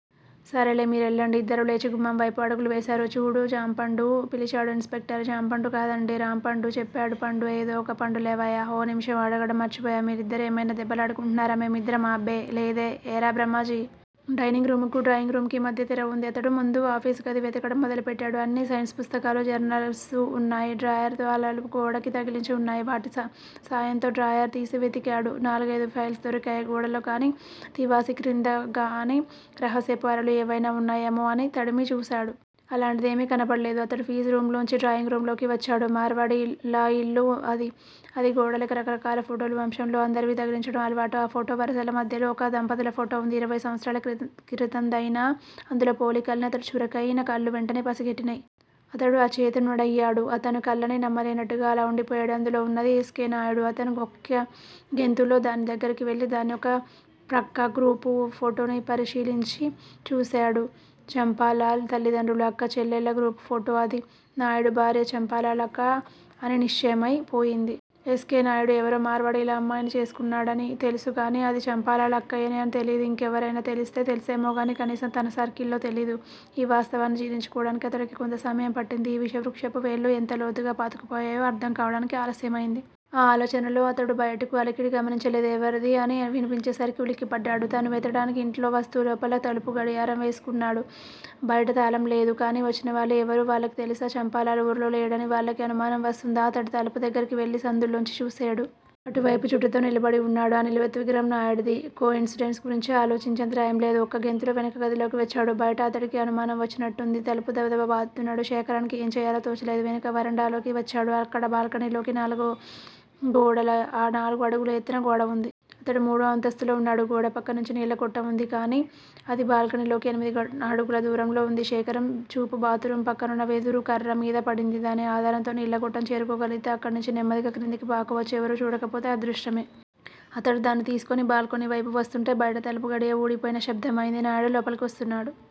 సరేలే మీ రెళ్ళండి! ఇద్దరూ లేచి గుమ్మం వైపు అడుగులు వేశారు. చూడు జాంపండూ! పిలిచాడు ఇన్స్ పెక్టర్. జాపండు కాదండీ! రాంపండు చెప్పాడు పండు. ఏదో ఒక పండులేవయ్యా! ఓ నిమిషం అడగడం మర్చిపోయాం మీరిద్దరూ ఏమయినా దెబ్బలాడుకున్నారా? మేమిద్దరమా? అబ్బే లేదే- ఏరా బ్రహ్మాజీ! డైనింగు రూముకీ, డ్రాయింగ్ రూమ్ కీ మధ్య తెర వుంది. అతడు ముందు ఆఫీసు గది వెతకటం మొదలుపెట్టాడు. అన్నీ సైన్సు పుస్తకాలూ, జర్నల్సూ వున్నాయి. డ్రాయరు తాళాలు గోడకి తగిలించి వున్నాయి. వాటి సాయంతో డ్రాయరుతీసి వెతికేడు. నాలుగైదు ఫైల్స్ దొరికాయి. గోడలకు గానీ, తివాసీ క్రిందగానీ రహస్యపు అరలు ఏవైనా వున్నాయేమో అని తడిమి చూసేడు. అలాంటిదేమీ కనబడలేదు. అతడు ఫీజు రూమ్ లోంచి డ్రాయింగ్ రూమ్ లోకి వచ్చాడు. మార్వాడీల ఇల్లు అది. గది గోడలకి రకరకాల ఫోటోలు వంశంలో అందరివీ తగిలించటం అలవాటు. ఆ ఫోటో వరుసల మధ్యలో ఒక దంపతుల ఫోటో వుంది. ఇరవై సంవత్సరాల క్రితందయినా అందులో పోలికల్ని అతడి చురుకయిన కళ్ళు వెంటనే పసిగట్టినయ్. అతడు అచేతనుడయ్యాడు. తన కళ్ళనే నమ్మలేనట్టుగా అలా వుండిపోయాడు. అందులో వున్నది ఎస్. కె. నాయుడు. అతను ఒక్కగెంతులో దాని దగ్గిరకి వెళ్ళి దాన్నీ, దాని పక్క గ్రూపు ఫోటోనీ పరిశీలించి చూసేడు. చంపాలాల్ తల్లిదండ్రులు, అక్క చెల్లెళ్ళ గ్రూప్ ఫోటో అది. నాయుడు భార్య, చంపాలాల్ అక్క అని నిశ్చయమై పోయింది. ఎస్. కె. నాయుడు ఎవరో మార్వాడీల అమ్మాయిని చేసుకున్నాడని తెలుసు కానీ, అది చంపాలాల్ అక్కయ్యనే అని తెలీదు. ఇంకెవరికయినా తెలిస్తే తెలుసేమోగానీ, కనీసం తన సర్కిల్ లో తెలీదు. ఈ వాస్తవాన్ని జీర్ణించుకోవడానికి అతడికి కొంత సమయం పట్టింది. ఈ విషవృక్షపు వేళ్ళు ఎంత లోతుగా పాతుకుపోయాయో అర్థం కావటానికి ఆలస్యమైంది. ఆ ఆలోచనలో అతడు బయట అలికిడి గమనించలేదు. ఎవరది? అని వినిపించేసరికి ఉలిక్కిపడ్డాడు. తను వెతకటానికి ఇంట్లోకి వస్తూ లోపల తలుపు గడియ వేసుకున్నాడు. బయట తాళం లేదు. కానీ వచ్చినవాళ్ళు ఎవరు? వాళ్ళకి తెలుసా చంపాలాల్ ఊర్లో లేడని? వాళ్ళకి అనుమానం వస్తుందా? అతడు తలుపు దగ్గిరకి వెళ్ళి సందుల్లోంచి చూసేడు. అటువైపు చుట్టతో నిలబడి వున్నాడు. ఆ నిలువెత్తు విగ్రహం నాయుడిది. కో-ఇన్సిడెన్స్ గురించి ఆలోచించేంత టైమ్ లేదు. ఒక్క గెంతులో వెనుక గదిలోకి వచ్చాడు. బయట అతడికి అనుమానం వచ్చినట్టుంది. తలుపు దబదబా బాదుతున్నాడు. శేఖరానికి ఏం చెయ్యాలో తోచలేదు. వెనుక వరండాలోకి వచ్చాడు. అక్కడ బాల్కనీకి నాలుగు అడుగుల ఎత్తున గోడ వుంది. అతడు మూడో అంతస్తులో వున్నాడు. గోడపక్కనుంచి నీళ్ళ గొట్టం వుంది. కానీ అది బాల్కనీకి ఎనిమిది అడుగుల దూరంలో ఉంది. శేఖరం చూపు బాత్ రూము పక్కనున్న వెదురుకర్ర మీద పడింది. దాని ఆధారంతో నీళ్ళ గొట్టం చేరుకోగలిగితే, అక్కణ్నించి నెమ్మదిగా క్రిందికి పాకవచ్చు, ఎవరూ చూడకపోతే అదృష్టమే. అతడు దాన్ని తీసుకుని బాల్కనీవైపు వస్తుంటే- బయట తలుపు గడియ వూడిపోయిన శబ్దమయింది. నాయుడు లోపలికి వస్తున్నాడు.